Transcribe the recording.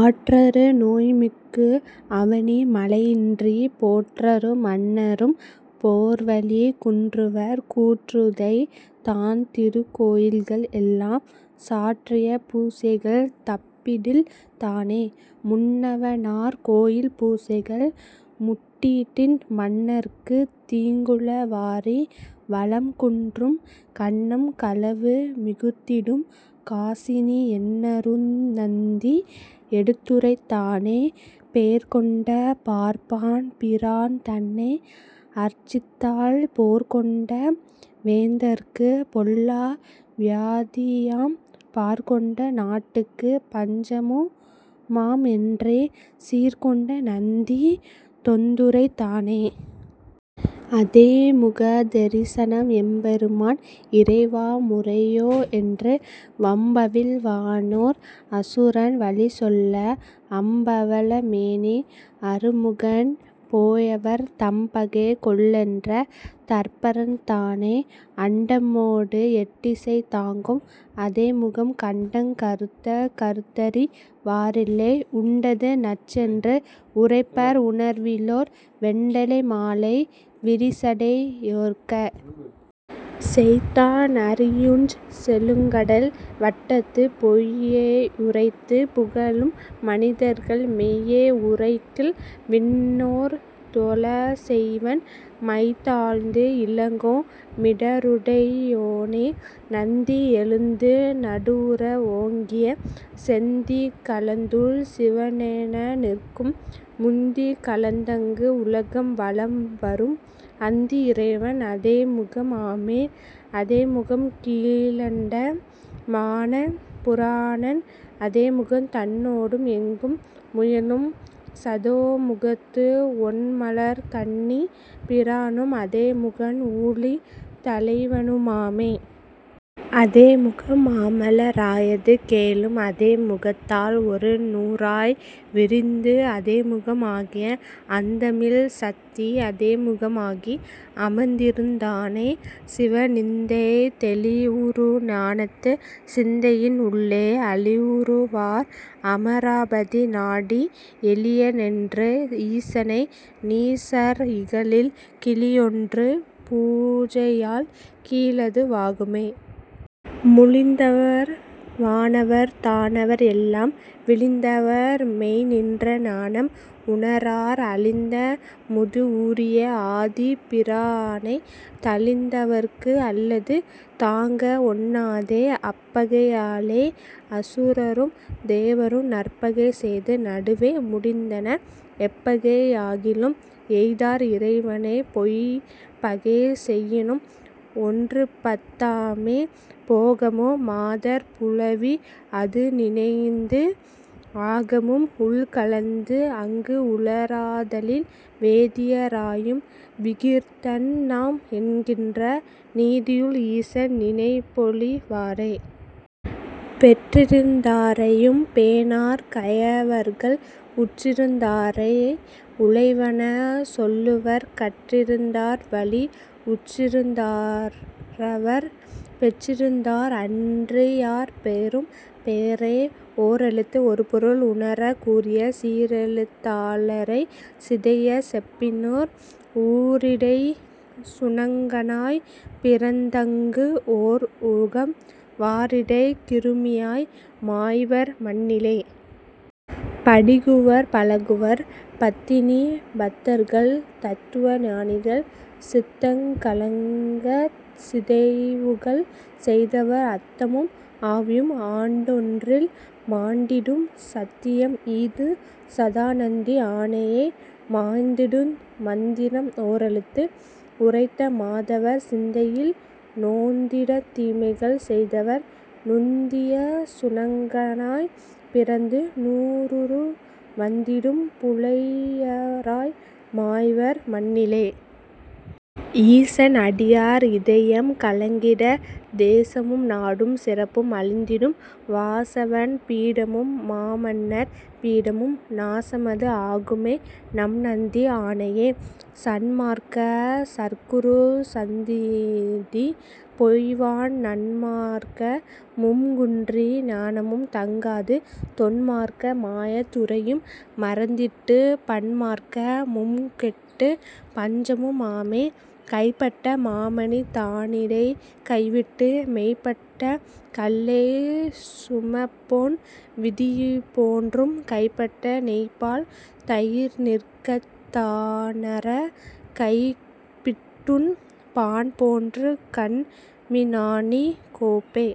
ஆற்றரு நோய்மிக்கு அவனி மழையின்றிப் போற்றரு மன்னரும் போர்வலி குன்றுவர் கூற்றுதைத் தான்திருக் கோயில்கள் எல்லாம் சாற்றிய பூசைகள் தப்பிடில் தானே. முன்னவ னார்கோயில் பூசைகள் முட்டிடின் மன்னர்க்குத் தீங்குள.. வாரி வளம்குன்றும் கன்னம் களவு மிகுத்திடும் காசினி என்னரு நந்தி எடுத்துரைத் தானே. பேர்கொண்ட பார்ப்பான் பிரான்தன்னை அர்ச்சித்தால் போர்கொண்ட வேந்தர்க்குப் பொல்லா வியாதியாம் பார்கொண்ட நாட்டுக்குப் பஞ்சமு மாம்என்றே சீர்க்கொண்ட நந்தி தொந்துரைத் தானே... அதேமுக தெரிசனம் எம்பெரு மான்இறை வாமுறை யோஎன்று வம்பவிழ் வானோர் அசுரன் வலிசொல்ல அம்பவள மேனி அறுமுகன் போயவர் தம்பகை கொல்லென்ற தற்பரன் தானே. அண்டமொடு எண்டிசை தாங்கும் அதோமுகம் கண்டங் கறுத்த கருத்தறி வாரில்லை உண்டது நஞ்சென்று உரைப்பர் உணர்விலோர் வெண்டலை மாலை விரிசடை யோற்கே. செய்தான் அறியுஞ் செழுங்கடல் வட்டத்துப் பொய்யே யுரைத்துப் புகழும் மனிதர்கள் மெய்யே உரைக்கில் விண்ணோர் தொழச்செய்வன் மைதாழ்ந்து இலங்கும் மிடறுடை யோனே. நந்தி எழுந்து நடுவுற ஓங்கிய செந்தீக் கலந்துள் சிவனென நிற்கும் முந்திக் கலந்தங்கு உலகம் வலம்வரும் அந்தி இறைவன் அதோமுகம் ஆமே. அதோமுகம் கீழண்ட மான புராணன் அதோமுகம் தன்னொடும் எங்கும் முயலும் சதோமுகத் து ஒண்மலர்க் கண்ணிப் பிரானும் அதோமுகன் ஊழித் தலைவனு மாமே. அதேமுகம் மாமல ராயது கேளும் அதோமுகத் தால் ஒரு நூறாய் விரிந்து அதேமுகம் ஆகிய அந்தமில் சத்தி அதேமுகம் ஆகி அமர்ந்திருந் தானே... சிவ நிந்தை... தெளிவுறு ஞானத்துச் சிந்தையின் உள்ளே அளிவுறு வார்அம ராபதி நாடி எளியனென்று ஈசனை நீசர் இகழில் கிளியொன்று பூஞையால் கீழது வாகுமே. முளிந்தவர் வானவர் தானவர் எல்லாம் விளிந்தவர் மெய்ந்நின்ற ஞானம் உணரார் அளிந்தமுது ஊறிய ஆதிப் பிரானைத் தளிந்தவர்ககு அல்லது தாங்கஒண் ணாதே. அப்பகை யாலே அசுரரும் தேவரும் நற்பகை செய்து நடுவே முடிந்தனர் எப்பகை யாகிலும் எய்தார் இறைவனைப் பொய்ப்பகை செய்யினும் ஒன்றுபத் தாமே. போகமும் மாதர் புலவி அதுநினைந்து ஆகமும் உள்கலந்து அங்குஉள ராதலில் வேதிய ராயும் விகிர்தன்நாம் என்கின்ற நீதியுள் ஈசன் நினைப்பொழி வாரே. பெற்றிருந் தாரையும் பேணார் கயவர்கள் உற்றிருந் தாரை உளைவன சொல்லுவர் கற்றிருந் தார்வழி உற்றிருந் தாரவர் பெற்றிருந் தார்அன்றி யார்பெறும் பேறே. ஓரெழுத்து ஒருபொருள் உணரக் கூறிய சீரெழுத் தாளரைச் சிதையச் செப்பினோர் ஊரிடைச் சுணங்கனாய்ப் பிறந்தங் கு ஓர்உகம்.. வாரிடைக் கிருமியாய்.. மாய்வர் மண்ணிலே.. படிகுவர், பழகுவர். பத்தினி பத்தர்கள் தத்துவ ஞானிகள் சித்தங் கலங்கச் சிதைவுகள் செய்தவர் அத்தமும் ஆவியும் ஆண்டொன்றில்.. மாண்டிடும் சத்தியம்.. ஈது சதாநந்தி ஆணையே.. மாய்ந்திடுஞ். மந்திரம் ஓரெழுத்து உரைத்த மாதவர் சிந்தையில் நொந்திடத் தீமைகள் செய்தவர் நுந்திய சுணங்கனாய்ப் பிறந்து நூறுரு வந்திடும் புலையராய் மாய்வர் மண்ணிலே. ஈசன் அடியார் இதயம் கலங்கிடத் தேசமும் நாடும் சிறப்பும் அழிந்திடும் வாசவன் பீடமும் மாமன்னர் பீடமும் நாசமது ஆகுமே நம்நந்தி ஆணையே. சன்மார்க்க சற்குருச் சந்நிதி பொய்வான் நன்மார்க்க மும்குன்றி ஞானமும் தங்காது தொன்மார்க்க மாய துறையும் மறந்திட்டுப் பன்மார்க்க மும்கெட்டுப் பஞ்சமும் ஆமே. கைப்பட்ட மாமணி தானிடை கைவிட்டு மெய்ப்பட்ட கல்லைச் சுமப்போன் விதிபோன்றும் கைப்பட்ட நெய்பால் தயிர்நிற்கத் தானறக் கைப்பிட்டுண் பான்போன்றுங் கன்மிஞானிக் கொப்பே...